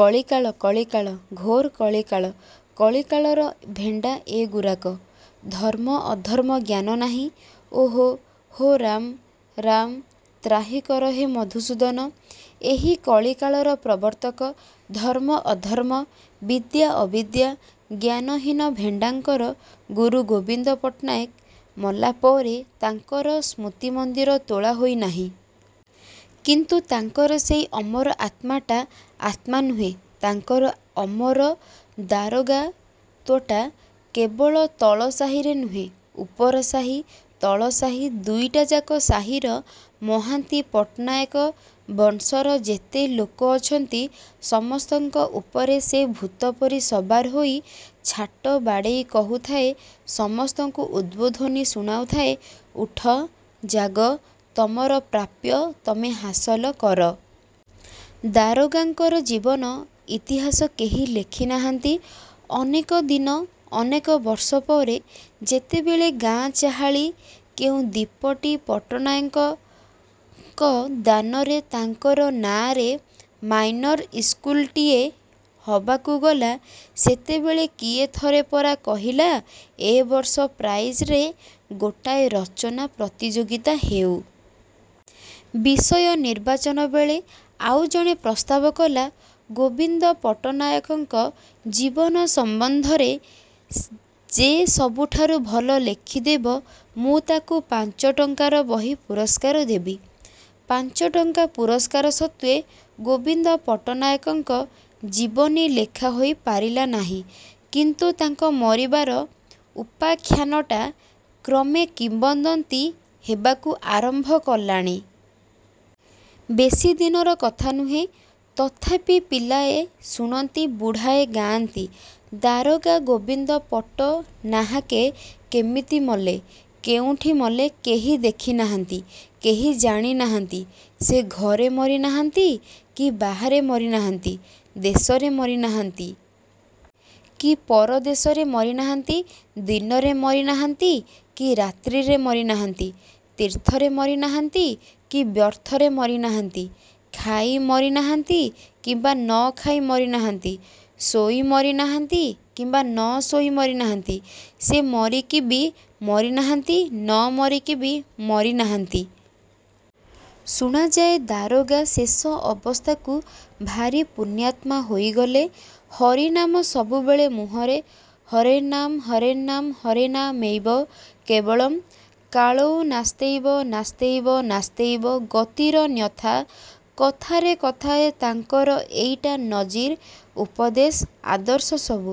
କଳିକାଳ କଳିକାଳ ଘୋର କଳିକାଳ କଳିକାଳର ଭେଣ୍ଡା ଏ ଗୁରାକ। ଧର୍ମ ଅଧର୍ମ ଜ୍ଞାନ ନାହିଁ ଓ ହୋ ହୋ ରାମ, ରାମ, ତ୍ରାହି କର ହେ ମଧୁସୂଦନ ।'' ଏହି କଳିକାଳର ପ୍ରବର୍ତ୍ତକ, ଧର୍ମ ଅଧର୍ମ, ବିଦ୍ୟା ଅବିଦ୍ୟା, ଜ୍ଞାନହୀନ ଭେଣ୍ଡାଙ୍କର ଗୁରୁ ଗୋବିନ୍ଦ ପଟ୍ଟନାୟକ ମଲା ପରେ ତାଙ୍କର ସ୍ମୃତି ମନ୍ଦିର ତୋଳା ହୋଇ ନାହିଁ। କିନ୍ତୁ ତାଙ୍କର ସେଇ ଅମର ଆତ୍ମାଟା, ଆତ୍ମା ନୁହେଁ ତାଙ୍କର ଅମର ଦାରୋଗାତ୍ୱଟା କେବଳ ତଳ ସାହିରେ ନୁହେଁ, ଉପର ସାହି ତଳସାହି ଦୁଇଟାଯାକ ସାହିର ମହାନ୍ତି ପଟ୍ଟନାୟକ ବଂଶର ଯେତେ ଲୋକ ଅଛନ୍ତି ସମସ୍ତଙ୍କ ଉପରେ ସେ ଭୂତପରି ସବାର ହୋଇ ଛାଟ ବାଡ଼େଇ କହୁଥାଏ ସମସ୍ତଙ୍କୁ ଉଦ୍ବୋଧନୀ ଶୁଣାଉଥାଏ ଉଠ, ଜାଗ, ତମର ପ୍ରାପ୍ୟ ତମେ ହାସଲ କର! ଦାରୋଗାଙ୍କର ଜୀବନ ଇତିହାସ କେହି ଲେଖି ନାହାନ୍ତି। ଅନେକ ଦିନ ଅନେକ ବର୍ଷ ପରେ ଯେତେବେଳେ ଗାଁ ଚାହାଳି କେଉଁ ଦିପଟି ପଟ୍ଟନାୟକଙ୍କ ଦାନରେ ତାଙ୍କର ନାଆଁରେ ମାଇନର ଇସ୍କୁଲଟିଏ ହବାକୁ ଗଲା ସେତେବେଳେ କିଏ ଥରେ ପରା କହିଲା, ଏ ବର୍ଷ ପ୍ରାଇଜରେ ଗୋଟାଏ ରଚନା ପ୍ରତିଯୋଗୀତା ହେଉ। ବିଷୟ ନିର୍ବାଚନବେଳେ ଆଉ ଜଣେ ପ୍ରସ୍ତାବ କଲା, ଗୋବିନ୍ଦ ପଟ୍ଟନାୟକଙ୍କ ଜୀବନ ସମ୍ବନ୍ଧରେ ଯେ ସବୁଠାରୁ ଭଲ ଲେଖିଦେବ, ମୁଁ ତାକୁ ପାଞ୍ଚଟଙ୍କାର ବହି ପୁରସ୍କାର ଦେବି। ପାଞ୍ଚଟଙ୍କା ପୁରସ୍କାର ସତ୍ତ୍ୱେ ଗୋବିନ୍ଦ ପଟ୍ଟନାୟକଙ୍କ ଜୀବନୀ ଲେଖା ହୋଇ ପାରିଲା ନାହିଁ। କିନ୍ତୁ ତାଙ୍କ ମରିବାର ଉପାଖ୍ୟାନଟା କ୍ରମେ କିମ୍ବଦନ୍ତୀ ହେବାକୁ ଆରମ୍ଭ କଲାଣି। ବେଶି ଦିନର କଥା ନୁହେଁ। ତଥାପି ପିଲାଏ ଶୁଣନ୍ତି ବୁଢ଼ାଏ ଗାଆନ୍ତି। ଦାରୋଗା ଗୋବିନ୍ଦ ପଟ୍ଟନାହାକେ କେମିତି ମଲେ। କେଉଁଠି ମଲେ କେହି ଦେଖି ନାହାନ୍ତି, କେହି ଜାଣି ନାହାନ୍ତି। ସେ ଘରେ ମରି ନାହାନ୍ତି କି ବାହାରେ ମରି ନାହାନ୍ତି, ଦେଶରେ ମରି ନାହାନ୍ତି କି ପର ଦେଶରେ ମରି ନାହାନ୍ତି, ଦିନରେ ମରି ନାହାନ୍ତି କି ରାତ୍ରିରେ ମରି ନାହାନ୍ତି, ତୀର୍ଥରେ ମରି ନାହାନ୍ତି କି ବ୍ୟର୍ଥରେ ମରିନାହାନ୍ତି, ଖାଇ ମରି ନାହାନ୍ତି, କିମ୍ବା ନ ଖାଇ ମରି ନାହାନ୍ତି, ଶୋଇ ମରି ନାହାନ୍ତି କିମ୍ବା ନ ଶୋଇ ମରି ନାହାନ୍ତି, ସେ ମରିକିବି ମରି ନାହାନ୍ତି ନ ମରିକିବି ମରି ନାହାନ୍ତି। ଶୁଣାଯାଏ ଦାରୋଗା ଶେଷ ଅବସ୍ଥାକୁ ଭାରି ପୁଣ୍ୟାତ୍ମା ହୋଇଗଲେ। ହରିନାମ ସବୁବେଳେ ମୁହଁରେ। ''ହରେର୍ନାମ ହରେର୍ନାମ ହରେନାମୈବ କେବଳମ୍, କଳୌ ନାସ୍ତୈବ ନାସ୍ତୈବ ନାସ୍ତୈବ ଗତିରନ୍ୟଥା,'' କଥାରେ କଥାରେ ତାଙ୍କର ଏଇଟା ନଜିର, ଉପଦେଶ, ଆଦର୍ଶ ସବୁ।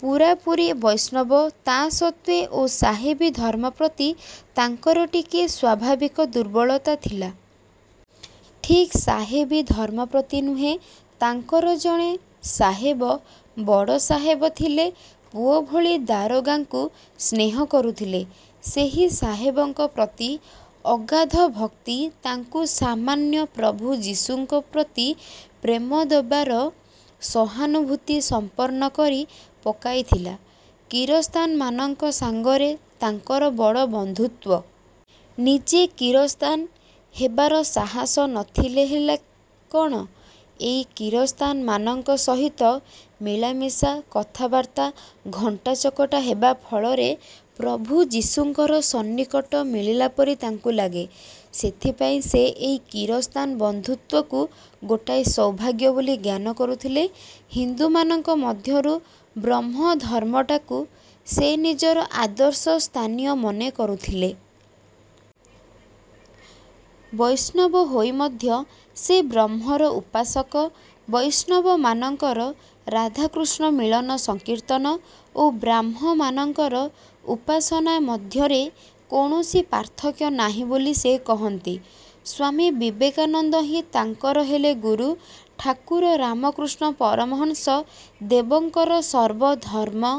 ପୂରାପୂରି ବୈଷ୍ଣବ। ତା' ସତ୍ତ୍ୱେ ଓ ସାହେବୀ ଧର୍ମ ପ୍ରତି ତାଙ୍କର ଟିକିଏ ସ୍ୱାଭାବିକ ଦୁର୍ବଳତା ଥିଲା। ଠିକ୍ ସାହେବୀ ଧର୍ମ ପ୍ରତି ନୁହେଁ ତାଙ୍କର ଜଣେ ସାହେବ, ବଡ଼ ସାହେବ ଥିଲେ, ପୁଅ ଭଳି ଦାରୋଗାଙ୍କୁ ସ୍ନେହ କରୁଥିଲେ, ସେହି ସାହେବଙ୍କ ପ୍ରତି ଅଗାଧ ଭକ୍ତି ତାଙ୍କୁ ସାମାନ୍ୟ ପ୍ରଭୁ ଯିଶୁଙ୍କ ପ୍ରତି ପ୍ରେମ ଦେବାର ସହାନୁଭୂତିସମ୍ପନ୍ନ କରି ପକାଇଥିଲା। କିରସ୍ତାନମାନଙ୍କ ସାଙ୍ଗରେ ତାଙ୍କର ବଡ଼ ବନ୍ଧୁତ୍ୱ। ନିଜେ କିରସ୍ତାନ ହେବାର ସାହସ ନଥିଲେ ହେଲା କ'ଣ, ଏଇ କିରସ୍ତାନମାନଙ୍କ ସହିତ ମିଳାମିଶା କଥାବାର୍ତ୍ତା ଘଣ୍ଟାଚକଟା ହେବା ଫଳରେ ପ୍ରଭୁ ଯିଶୁଙ୍କର ସନ୍ନିକଟ ମିଳିଲା ପରି ତାଙ୍କୁ ଲାଗେ। ସେଥିପାଇଁ ସେ ଏଇ କିରସ୍ତାନ ବନ୍ଧୁତ୍ୱକୁ ଗୋଟାଏ ସୌଭାଗ୍ୟ ବୋଲି ଜ୍ଞାନ କରୁଥିଲେ। ହିନ୍ଦୁମାନଙ୍କ ମଧ୍ୟରୁ ବ୍ରହ୍ମ ଧର୍ମଟାକୁ ସେ ନିଜର ଆଦର୍ଶସ୍ଥାନୀୟ ମନେ କରୁଥିଲେ। ବୈଷ୍ଣବ ହୋଇ ମଧ୍ୟ ସେ ବ୍ରହ୍ମର ଉପାସକ। ବୈଷ୍ଣବମାନଙ୍କର ରାଧାକୃଷ୍ଣ ମିଳନ ସଂକୀର୍ତ୍ତନ ଓ ବ୍ରାହ୍ମମାନଙ୍କର ଉପାସନା ମଧ୍ୟରେ କୌଣସି ପାର୍ଥକ୍ୟ ନାହିଁ ବୋଲି ସେ କହନ୍ତି। ସ୍ୱାମୀ ବିବେକାନନ୍ଦହିଁ ତାଙ୍କର ହେଲେ ଗୁରୁ। ଠାକୁର ରାମକୃଷ୍ଣ ପରମହଂସ ଦେବଙ୍କର ସର୍ବ ଧର୍ମ